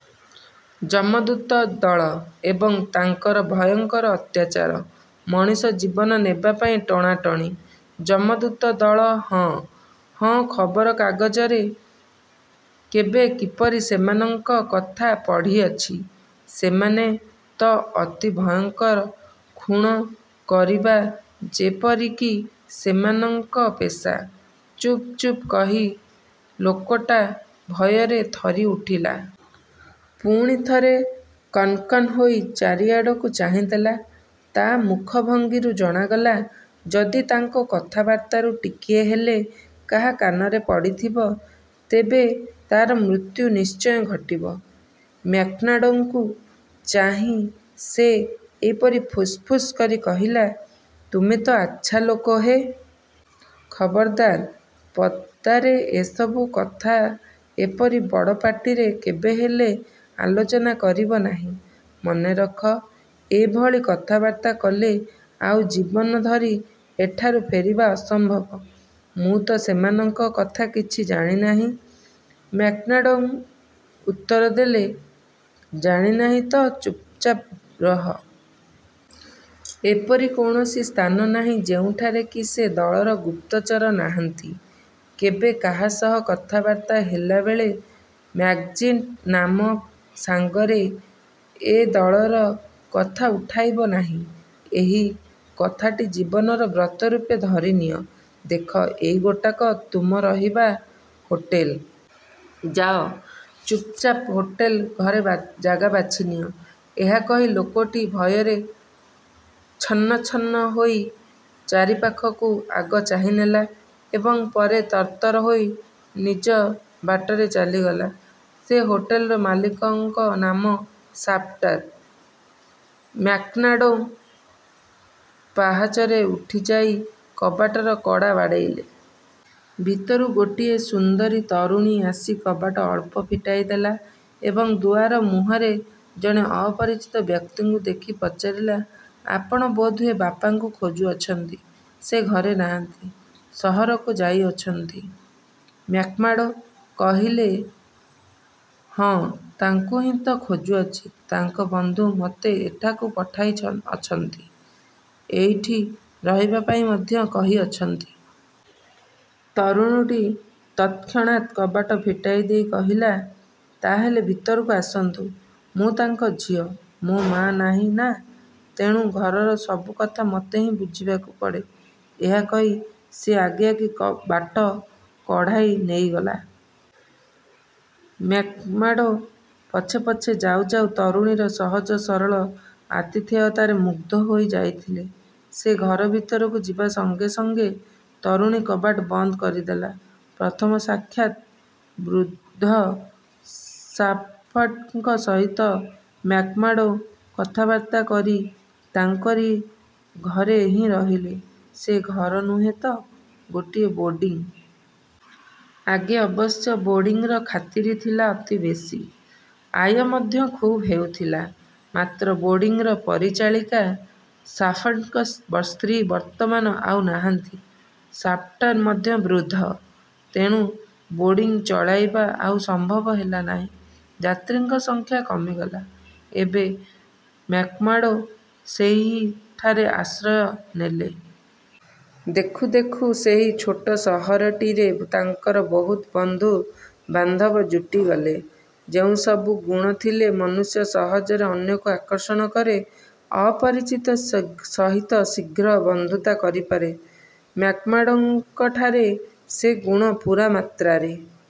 'ଯମଦୂତ ଦଳ' ଏବଂ ତାଙ୍କର ଭୟଙ୍କର ଅତ୍ୟାଚାର; ମଣିଷ ଜୀବନ ନେବା ପାଇଁ ଟଣାଟଣି। '' ''ଯମଦୂତ ଦଳ! ହଁ,। ହଁ–ଖବରକାଗଜରେ କେବେ କିପରି ସେମାନଙ୍କ କଥା ପଢ଼ିଅଛି-। ସେମାନେ ତ ଅତି ଭୟଙ୍କର, ଖୁଣ୍ କରିବା ଯେପରି କି ସେମାନଙ୍କ ପେଶା। '' ''ଚୁପ୍, ଚୁପ୍ କହି'' ଲୋକଟା ଭୟରେ ଥରିଉଠିଲା। ପୁଣି ଥରେ କନ୍କନ୍ ହୋଇ ଚାରିଆଡ଼କୁ ଚାହିଁଦେଲା। ତା ମୁଖଭଙ୍ଗୀରୁ ଜଣାଗଲା, ଯଦି ତାଙ୍କ କଥାବାର୍ତ୍ତାରୁ ଟିକିଏ ହେଲେ କାହା କାନରେ ପଡ଼ିଥିବ, ତେବେ ତାର ମୃତ୍ୟୁ ଆଜି ନିଶ୍ଚୟ ଘଟିବ। ମ୍ୟାକ୍ମାର୍ଡ଼ୋଙ୍କୁ ଚାହିଁ ସେ ଏହିପରି ଫୁସ୍ଫୁସ୍ କରି କହିଲା, ''ତୁମେ ତ ଆଚ୍ଛା ଲୋକ ହେ! ଖବରଦାର, ପଦାରେ ଏସବୁ କଥା ଏପରି ବଡ଼ ପାଟିରେ କେବେହେଲେ ଆଲୋଚନା କରିବ ନାହିଁ। ମନେ ରଖ, ଏଭଳି କଥାବାର୍ତ୍ତା କଲେ ଆଉ ଜୀବନ ଧରି ଏଠାରୁ ଫେରିବା ଅସମ୍ଭବ-। '' ''ମୁଁ ତ ସେମାନଙ୍କ କଥା କିଛି ଜାଣି ନାହିଁ''–ମ୍ୟାକ୍ମାର୍ଡ଼ୋ ଉତ୍ତର ଦେଲେ। ''ଜାଣି ନାହଁ ତ, ଚୁପ୍ଚାପ୍ ରହ। ଏପରି କୌଣସି ସ୍ଥାନ ନାହିଁ, ଯେଉଁଠାରେ କି ସେ ଦଳର ଗୁପ୍ତଚର ନାହାନ୍ତି। କେବେ କାହା ସହ କଥାବାର୍ତ୍ତା ହେଲାବେଳେ ମ୍ୟାକ୍ଜିଣ୍ଟି ନାମ ସାଙ୍ଗରେ ଏ ଦଳର କଥା ଉଠାଇବ ନାହିଁ–ଏହି କଥାଟି ଜୀବନର ବ୍ରତରୂପେ ଧରିନିଅ। ଦେଖ, ଏଇ ଗୋଟାକ ତୁମ ରହିବା ହୋଟେଲ। ଯାଅ, ଚୁପ୍ଚାପ୍ ହୋଟେଲ ଘରେ ଜାଗା ବାଛିନିଅ। '' ଏହା କହି ଲୋକଟି ଭୟରେ ଛନ୍ନଛନ୍ନ ହୋଇ ଚାରିପାଖ କୁ ଆଗ ଚାହିଁନେଲା ଏବଂ ପରେ ତରତର ହୋଇ ନିଜ ବାଟରେ ଚାଲିଗଲା। ସେ ହୋଟେଲର ମାଲିକଙ୍କ ନାମ ଶାଫ୍ଟର। ମ୍ୟାକ୍ମାର୍ଡ଼ୋ ପାହାଚରେ ଉଠିଯାଇ କବାଟର କଡ଼ା ବାଡ଼େଇଲେ। ଭିତରୁ ଗୋଟିଏ ସୁନ୍ଦରୀ ତରୁଣୀ ଆସି କବାଟ ଅଳ୍ପ ଫିଟାଇଦେଲା ଏବଂ ଦୁଆରମୁହଁରେ ଜଣେ ଅପରିଚିତ ବ୍ୟକ୍ତିଙ୍କୁ ଦେଖି ପଚାରିଲା, ''ଆପଣ ବୋଧହୁଏ ବାପାଙ୍କୁ ଖୋଜୁଅଛନ୍ତି। ସେ ଘରେ ନାହାନ୍ତି–ସହରକୁ ଯାଇଅଛନ୍ତି। '' ମ୍ୟାକ୍ମାର୍ଡ଼ୋ କହିଲେ, ''ହଁ, ତାଙ୍କୁ ହିଁ ତ ଖୋଜୁଅଛି। ତାଙ୍କ ବନ୍ଧୁ ମୋତେ ଏଠାକୁ ପଠାଇଅଛନ୍ତି, ଏଇଠି ରହିବା ପାଇଁ ମଧ୍ୟ କହିଅଛନ୍ତି। '' ତରୁଣୀଟି ତତ୍କ୍ଷଣାତ୍ କବାଟ ଫିଟାଇଦେଇ କହିଲା, ''ତା ହେଲେ ଭିତରକୁ ଆସନ୍ତୁ। ମୁଁ ତାଙ୍କ ଝିଅ। ମୋ ମା ନାହିଁ ନା, ତେଣୁ ଘରର ସବୁ କଥା ମୋତେ ହିଁ ବୁଝିବାକୁ ପଡ଼େ। '' ଏହା କହି ସେ ଆଗେଆଗେ ବାଟ କଢ଼ାଇ ନେଇଗଲା। ମ୍ୟାକ୍ମାର୍ଡ଼ୋ ପଛେପଛେ ଯାଉଯାଉ ତରୁଣୀର ସହଜ ସରଳ ଆତିଥେୟତାରେ ମୁଗ୍ଧ ହୋଇ ଯାଇଥିଲେ। ସେ ଘରଭିତରକୁ ଯିବା ସଙ୍ଗେସଙ୍ଗେ ତରୁଣୀ କବାଟ ବନ୍ଦ କରିଦେଲା। ପ୍ରଥମ ସାକ୍ଷାତ ବୃଦ୍ଧ ଶାଫଟର୍ଙ୍କ ସହିତ ମାକ୍ମାର୍ଡ଼ୋ କଥାବାର୍ତ୍ତା କରି ତାଙ୍କରି ଘରେ ହିଁ ରହିଲେ। ସେ ଘର ନୁହେଁ ତ ଗୋଟିଏ ବୋର୍ଡ଼ିଂ। ଆଗେ ଅବଶ୍ୟ ବୋର୍ଡ଼ିଂର ଖାତିର ଥିଲା ଅତି ବେଶୀ; ଆୟ ମଧ୍ୟ ଖୁବ୍ ହେଉଥିଲା। ମାତ୍ର ବୋର୍ଡ଼ିଂର ପରିଚାଳିକା ଶାଫଟର୍ଙ୍କ ସ୍ତ୍ରୀ ବର୍ତ୍ତମାନ ଆଉ ନାହାନ୍ତି; ଶାଫଟର୍ ମଧ୍ୟ ବୃଦ୍ଧ। ତେଣୁ ବୋର୍ଡ଼ିଂ ଚଳାଇବା ଆଉ ସମ୍ଭବ ହେଲାନାହିଁ। ଯାତ୍ରୀଙ୍କ ସଂଖ୍ୟା କମିଗଲା। ଏବେ ମାକ୍ମାର୍ଡ଼ୋ ସେହିଠାରେ ଆସି ଆଶ୍ରୟ ନେଲେ। ଦେଖୁ ଦେଖୁ ସେହି ଛୋଟ ସହରଟିରେ ତାଙ୍କର ବହୁତ ବନ୍ଧୁ-ବାନ୍ଧବ ଜୁଟିଗଲେ। ଯେଉଁସବୁ ଗୁଣ ଥିଲେ ମନୁଷ୍ୟ ସହଜରେ ଅନ୍ୟକୁ ଆକର୍ଷଣ କରେ, ଅପରିଚିତ ସହିତ ଶୀଘ୍ର ବନ୍ଧୁତା କରିପାରେ–ମ୍ୟାକ୍ମାର୍ଡ଼ୋଙ୍କଠାରେ ସେ ଗୁଣ ପୂରାମାତ୍ରାରେ